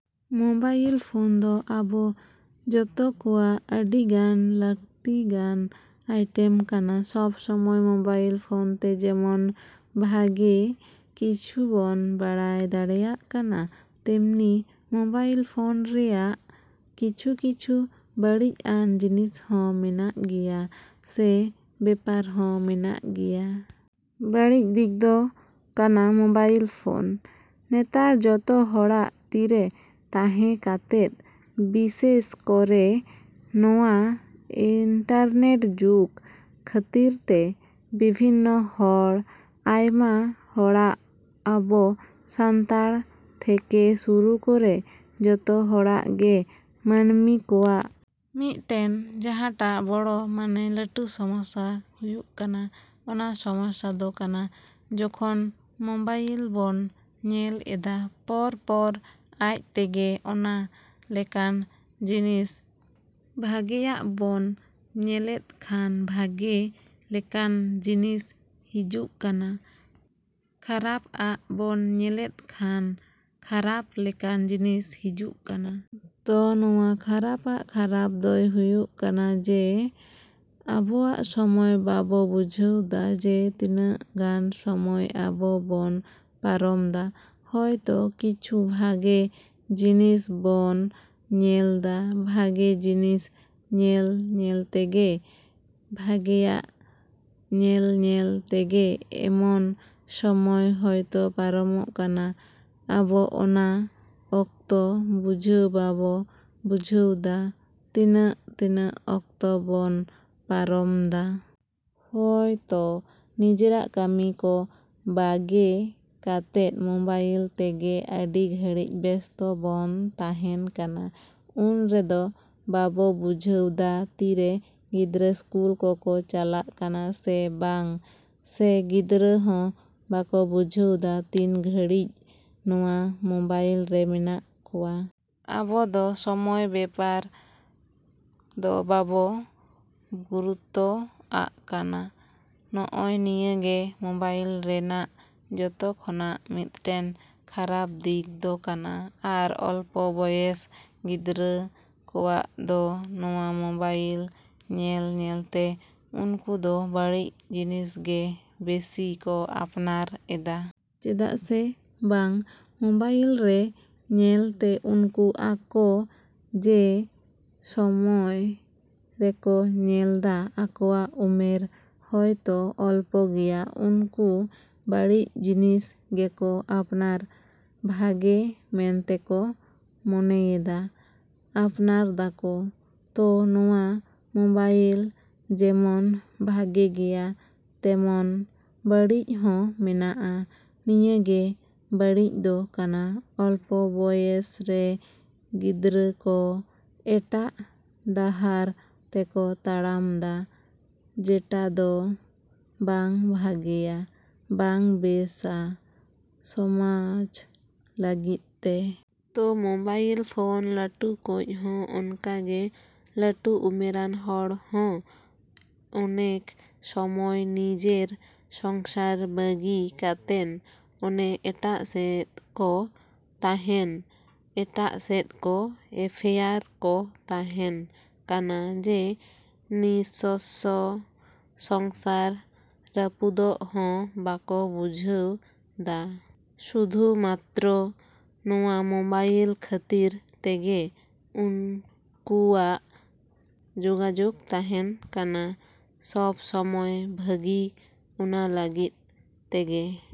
Mobile phone ᱫᱚ ᱟᱵᱚ ᱡᱚᱛᱚ ᱠᱚᱣᱟᱜ ᱟᱹᱰᱤᱜᱟᱱ ᱞᱟᱹᱠᱛᱤ ᱜᱟᱱ ᱟᱭᱴᱮᱢ ᱠᱟᱱᱟ᱾ ᱥᱚᱵᱽ ᱥᱚᱢᱚᱭ ᱢᱳᱵᱟᱭᱤᱞ ᱯᱷᱳᱱ ᱛᱮ ᱡᱮᱢᱚᱱ ᱵᱷᱟᱹᱜᱮ ᱠᱤᱪᱷᱩ ᱵᱚᱱ ᱵᱟᱲᱟᱭ ᱫᱟᱲᱮᱭᱟᱜ ᱠᱟᱱᱟ, ᱛᱮᱢᱱᱤ ᱢᱳᱵᱟᱭᱤᱞ ᱯᱷᱳᱱ ᱨᱮᱭᱟᱜ ᱠᱤᱪᱷᱩᱼᱠᱤᱪᱷᱩ ᱵᱟᱹᱲᱤᱡ ᱟᱱ ᱡᱤᱱᱤᱥ ᱦᱚᱸ ᱢᱮᱱᱟᱜ ᱜᱮᱭᱟ ᱥᱮ ᱵᱮᱯᱟᱨ ᱦᱚᱸ ᱢᱮᱱᱟᱜ ᱜᱮᱭᱟ᱾ ᱵᱟᱹᱲᱤᱡ ᱫᱤᱠ ᱫᱚ ᱠᱟᱱᱟ ᱢᱳᱵᱟᱭᱤᱞ ᱯᱷᱳᱱ ᱱᱮᱛᱟᱨ ᱡᱚᱛᱚ ᱦᱚᱲᱟᱜ ᱛᱤᱨᱮ ᱛᱟᱸᱦᱮ ᱠᱟᱛᱮᱫ, ᱵᱤᱥᱮᱹᱥ ᱠᱚᱨᱮᱹ ᱱᱚᱣᱟ ᱤᱱᱴᱟᱨᱱᱮᱹᱴ ᱡᱩᱜᱽ ᱠᱷᱟᱹᱛᱤᱨ ᱛᱮ, ᱵᱤᱵᱷᱤᱱᱱᱚ ᱦᱚᱲ, ᱟᱭᱢᱟ ᱦᱚᱲᱟᱜ, ᱟᱵᱚ ᱥᱟᱱᱛᱟᱲ ᱛᱷᱮᱹᱠᱮᱹ ᱥᱩᱨᱩ ᱠᱚᱨᱮᱹ ᱡᱚᱛᱚ ᱦᱚᱲᱟᱜ ᱜᱮ ᱢᱟᱹᱱᱢᱤ ᱠᱚᱣᱟᱜ ᱢᱤᱫᱴᱮᱱ ᱡᱟᱸᱦᱟᱴᱟᱜ ᱵᱚᱲᱚ ᱢᱟᱱᱮ ᱞᱟᱹᱴᱩ ᱥᱚᱢᱚᱥᱥᱟ ᱦᱩᱭᱩᱜ ᱠᱟᱱᱟ, ᱚᱱᱟ ᱥᱚᱢᱚᱥᱥᱟ ᱫᱚ ᱠᱟᱱᱟ ᱡᱚᱠᱷᱚᱱ ᱢᱳᱵᱟᱭᱤᱞ ᱵᱚᱱ ᱧᱮᱞ ᱮᱫᱟ, ᱯᱚᱨ ᱯᱚᱨ ᱟᱡ ᱛᱮᱜᱮ ᱚᱱᱟ ᱞᱮᱠᱟᱱ ᱡᱤᱱᱤᱥ ᱵᱷᱟᱜᱮᱭᱟᱜ ᱵᱚᱱ ᱧᱮᱞᱮᱫ ᱠᱷᱟᱱ ᱵᱷᱟᱹᱜᱮ ᱞᱮᱠᱟᱱ ᱡᱤᱱᱤᱥ ᱦᱤᱡᱩᱜ ᱠᱟᱱᱟ, ᱠᱷᱟᱨᱟᱯ ᱟᱜ ᱵᱚᱱ ᱧᱮᱞᱮᱫ ᱠᱷᱟᱱ ᱠᱷᱟᱨᱟᱯ ᱞᱮᱠᱟᱱ ᱡᱤᱱᱤᱥ ᱦᱤᱡᱩᱜ ᱠᱟᱱᱟ᱾ ᱛᱚ ᱱᱚᱣᱟ ᱠᱷᱟᱨᱟᱯ ᱟᱜ ᱠᱷᱟᱨᱟᱯ ᱫᱚ ᱦᱩᱭᱩᱜ ᱠᱟᱱᱟ ᱡᱮ ᱟᱵᱚᱣᱟᱜ ᱥᱚᱢᱚᱭ ᱵᱟᱵᱚ ᱵᱩᱡᱷᱟᱹᱣ ᱫᱟ, ᱡᱮ ᱛᱤᱱᱟᱹᱜ ᱜᱟᱱ ᱥᱚᱢᱚᱭ ᱟᱵᱚ ᱵᱚᱱ ᱯᱟᱨᱚᱢ ᱫᱟ᱾ ᱦᱚᱭᱛᱚ ᱠᱤᱪᱷᱩ ᱵᱷᱟᱹᱜᱮ ᱡᱤᱱᱤᱥ ᱵᱚᱱ ᱧᱮᱞᱫᱟ, ᱵᱷᱟᱹᱜᱮ ᱡᱤᱱᱤᱥ ᱧᱮᱞ ᱧᱮᱞᱛᱮᱜᱮ, ᱵᱷᱟᱜᱮᱭᱟᱜ ᱧᱮᱞᱼᱧᱮᱞ ᱛᱮᱜᱮ ᱮᱢᱚᱱ ᱥᱚᱢᱚᱭ ᱦᱚᱭᱛᱚ ᱯᱟᱨᱚᱢᱚᱜ ᱠᱟᱱᱟ, ᱟᱵᱚ ᱚᱱᱟ ᱚᱠᱛᱚ ᱵᱩᱡᱷᱟᱹᱣ ᱵᱟᱵᱚ ᱵᱩᱡᱷᱟᱹᱣ ᱫᱟ ᱛᱤᱱᱟᱹᱜ ᱛᱤᱱᱟᱹᱜ ᱚᱠᱛᱚ ᱵᱚᱱ ᱯᱟᱨᱚᱢ ᱫᱟ᱾ ᱦᱚᱭ ᱛᱳ ᱱᱤᱡᱮᱨᱟᱜ ᱠᱟᱹᱢᱤ ᱠᱚ ᱵᱟᱹᱜᱮ ᱠᱟᱛᱮᱫ ᱢᱳᱵᱟᱭᱤᱞ ᱛᱮᱜᱮ ᱟᱹᱰᱤ ᱜᱷᱟᱹᱲᱤᱡ ᱵᱮᱥᱛᱚ ᱵᱚᱱ ᱛᱟᱸᱦᱮᱱ ᱠᱟᱱᱟ᱾ ᱩᱱ ᱨᱮᱫᱚ ᱵᱟᱵᱚ ᱵᱩᱡᱷᱟᱹᱣ ᱫᱟ ᱛᱤᱨᱮ ᱜᱤᱫᱽᱨᱟᱹ ᱥᱠᱩᱞ ᱠᱚᱠᱚ ᱪᱟᱞᱟᱜ ᱠᱟᱱᱟ ᱥᱮ ᱵᱟᱝ, ᱥᱮ ᱜᱤᱫᱽᱨᱟᱹ ᱦᱚᱸ ᱵᱟᱠᱚ ᱵᱩᱡᱷᱟᱹᱣ ᱫᱟ ᱛᱤᱱ ᱜᱷᱟᱹᱲᱤᱡ ᱱᱚᱣᱟ ᱢᱳᱵᱟᱭᱤᱞ ᱨᱮ ᱢᱮᱱᱟᱜ ᱠᱚᱣᱟ᱾ ᱟᱵᱚ ᱫᱚ ᱥᱚᱢᱚᱭ ᱵᱮᱯᱟᱨ ᱫᱚ ᱵᱟᱵᱚ ᱜᱩᱨᱩᱛᱛᱚ ᱟᱜ ᱠᱟᱱᱟ, ᱱᱚᱜᱼᱚ ᱱᱤᱭᱟᱹ ᱜᱮ ᱢᱳᱵᱟᱭᱤᱞ ᱨᱮᱱᱟᱜ ᱡᱚᱛᱚᱠᱷᱚᱱᱟᱜ ᱢᱤᱫᱴᱮᱱ ᱠᱷᱟᱨᱟᱯ ᱫᱤᱠ ᱫᱚ ᱠᱟᱱᱟ᱾ ᱟᱨ ᱚᱞᱯᱚ ᱵᱚᱭᱮᱥ ᱜᱤᱫᱽᱨᱟᱹ ᱠᱚᱣᱟᱜ ᱫᱚ ᱱᱚᱣᱟ ᱢᱳᱵᱟᱭᱤᱞ ᱧᱮᱞ ᱧᱮᱞᱛᱮ ᱩᱱᱠᱩ ᱫᱚ ᱵᱟᱹᱲᱤᱡ ᱡᱤᱱᱤᱥ ᱜᱮ ᱵᱮᱥᱤ ᱠᱚ ᱟᱯᱱᱟᱨ ᱮᱫᱟ᱾ ᱪᱮᱫᱟᱜ ᱥᱮ ᱵᱟᱝ ᱢᱳᱵᱟᱭᱤᱞ ᱨᱮ ᱧᱮᱞᱛᱮ ᱩᱱᱠᱩ ᱟᱠᱚ ᱡᱮ ᱥᱚᱢᱚᱭ ᱨᱮᱠᱚ ᱧᱮᱞᱫᱟ ᱟᱠᱚᱣᱟᱜ ᱩᱢᱮᱨ ᱦᱚᱭᱛᱚ ᱚᱞᱯᱚ ᱜᱮᱭᱟ᱾ ᱩᱱᱠᱩ ᱵᱟᱹᱲᱤᱡ ᱡᱤᱱᱤᱥ ᱜᱮᱠᱚ ᱟᱯᱱᱟᱨ ᱵᱷᱟᱹᱜᱮ ᱢᱮᱱᱛᱮᱠᱚ ᱢᱚᱱᱮᱭᱮᱫᱟ, ᱟᱯᱱᱟᱨ ᱫᱟᱠᱚ᱾ ᱛᱳ ᱱᱚᱣᱟ ᱢᱳᱵᱟᱭᱤᱞ ᱡᱮᱢᱚᱱ ᱵᱷᱟᱹᱜᱮ ᱜᱮᱭᱟ ᱛᱮᱢᱚᱱ ᱵᱟᱹᱲᱤᱡ ᱦᱚᱸ ᱢᱮᱱᱟᱜᱼᱟ, ᱱᱤᱭᱟᱹ ᱜᱮ ᱵᱟᱹᱲᱤᱡ ᱫᱚ ᱠᱟᱱᱟ ᱚᱞᱯᱚ ᱵᱚᱭᱮᱥᱨᱮ ᱜᱤᱫᱽᱨᱟᱹ ᱠᱚ ᱮᱴᱟᱜ ᱰᱟᱦᱟᱨ ᱛᱮᱠᱚ ᱛᱟᱲᱟᱢ ᱫᱟ, ᱡᱮᱴᱟ ᱫᱚ ᱵᱟᱝ ᱵᱷᱟᱹᱜᱮᱭᱟ, ᱵᱟᱝ ᱵᱮᱥᱼᱟ ᱥᱚᱢᱟᱡᱽ ᱞᱟᱹᱜᱤᱫ ᱛᱮ᱾ ᱛᱳ ᱢᱳᱵᱟᱭᱤᱞ ᱯᱷᱳᱱ ᱞᱟᱹᱴᱩ ᱠᱚᱡ ᱦᱚᱸ ᱚᱱᱠᱟᱜᱮ ᱞᱟᱹᱴᱩ ᱩᱢᱮᱨᱟᱱ ᱦᱚᱲ ᱦᱚᱸ ᱚᱱᱮᱠ ᱥᱚᱢᱚᱭ ᱱᱤᱡᱮᱨ ᱥᱚᱝᱥᱟᱨ ᱵᱟᱹᱜᱤ ᱠᱟᱛᱮᱱ ᱚᱱᱮ ᱮᱴᱟᱜ ᱥᱮᱫ ᱠᱚ ᱛᱟᱸᱦᱮᱱ, ᱮᱴᱟᱜ ᱥᱮᱫ ᱠᱚ ᱮᱯᱷᱮᱭᱟᱨ ᱠᱚ ᱛᱟᱸᱦᱮᱱ ᱠᱟᱱᱟ, ᱡᱮ ᱱᱤᱥᱚᱥᱥᱚ ᱥᱚᱝᱥᱟᱨ ᱨᱟᱹᱯᱩᱫᱚᱜ ᱦᱚᱸ ᱵᱟᱠᱚ ᱵᱩᱡᱷᱟᱹᱣ ᱫᱟ, ᱥᱩᱫᱷᱩ ᱢᱟᱛᱨᱚ ᱱᱚᱣᱟ ᱢᱳᱵᱟᱭᱤᱞ ᱠᱷᱟᱹᱛᱤᱨ ᱛᱮᱜᱮ ᱩᱱᱠᱩᱣᱟᱜ ᱡᱳᱜᱟᱡᱳᱜᱽ ᱛᱟᱸᱦᱮᱱ ᱠᱟᱱᱟ ᱥᱚᱵᱽ ᱥᱚᱢᱚᱭ ᱵᱷᱟᱹᱜᱤ ᱚᱱᱟ ᱞᱟᱹᱜᱤᱫ ᱛᱮᱜᱮ᱾